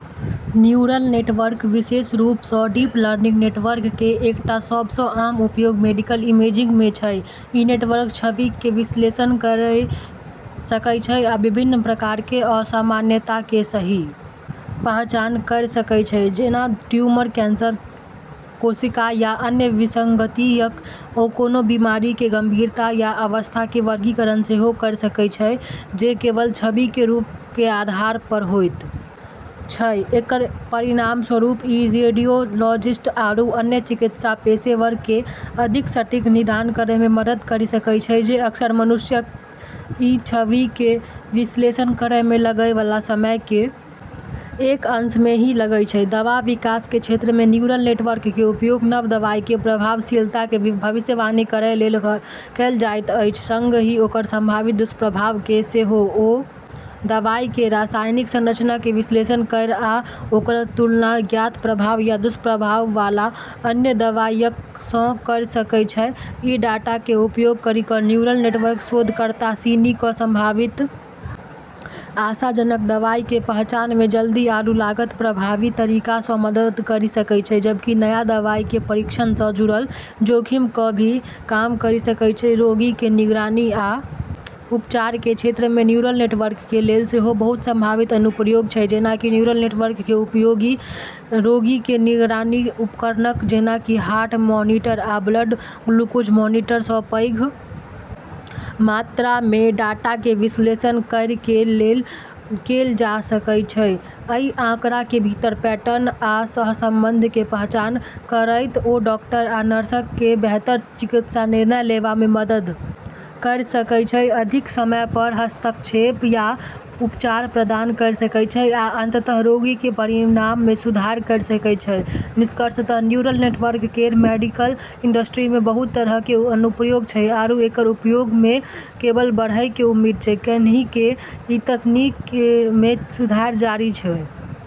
Neural network विशेष रूप सं डीप लर्निंग नेटवर्क कें एकटा सब सं आम उपयोग मेडिकल इमेजिंग मे छै, ई नेटवर्क छविक कें विश्लेषण कयर सकय छै आ विभिन्न प्रकार कें असामान्यताक कें सही पहचान कयर सकय छै जेना ट्यूमर, कैंसर कोशिका या अन्य विसंगतियक ओ कोनों बीमारी कें गंभीरता या अवस्था कें वर्गीकरण सेहो कयर सकय छै जे केवल छवि कें रूप कें आधार पर होयत छै, एकरऽ परिणामस्वरूप ई रेडियोलॉजिस्ट आरू अन्य चिकित्सा पेशेवरऽ कं अधिक सटीक निदान करै मे मदद करी सकै छै जे अक्सर मनुष्य क ई छवि के विश्लेषण करै मे लगै वाला समय के एक अंश मे ही लगै छै, दवा विकास के क्षेत्र में न्यूरल नेटवर्क के उपयोग नव दवाई के प्रभावशीलता के भविष्यवाणी करय लेल कयल जाइत अछि संगहि ओकर संभावित दुष्प्रभाव के सेहो ओ दवाई कें रासायनिक संरचना कें विश्लेषण कयर आ ओकर तुलना ज्ञात प्रभाव या दुष्प्रभाव वाला अन्य दवाइयक सं कयर सकय छै, ई डाटा के उपयोग करी क न्यूरल नेटवर्क शोधकर्ता सिनी क संभावित आशाजनक दवाई के पहचान मे जल्दी आरू लागत प्रभावी तरीका स मदद करी सकै छै, जबकि नया दवाई के परीक्षण स जुड़लऽ जोखिम क॑ भी कम करी सकै छै, रोगी कें निगरानी आ उपचार कें क्षेत्र मे न्यूरल नेटवर्क कें लेल सेहो बहुत संभावित अनुप्रयोग छै जेना कि न्यूरल नेटवर्क कें उपयोग रोगी कें निगरानी उपकरणक जेना कि हार्ट मॉनिटर आ ब्लड ग्लूकोज मॉनिटर सं पैघ मात्रा मे डाटा कें विश्लेषण करय कें लेल कैल जा सकय छै, अइ आंकड़ा कें भीतर पैटर्न आ सहसंबंध कें पहचान करयत ओ डॉक्टर आ नर्सक कें बेहतर चिकित्सा निर्णय लेवा मे मदद कयर सकय छै, अधिक समय पर हस्तक्षेप या उपचार प्रदान कयर सकय छै आ अंततः रोगी कें परिणाम मे सुधार कयर सकय छै, निष्कर्षतः न्यूरल नेटवर्क केरऽ मेडिकल इंडस्ट्री मे बहुत तरह के अनुप्रयोग छै आरू एकरऽ उपयोग मे केवल बढ़ै के उम्मीद छै, कैन्हेंकि ई तकनीक मे सुधार जारी छै।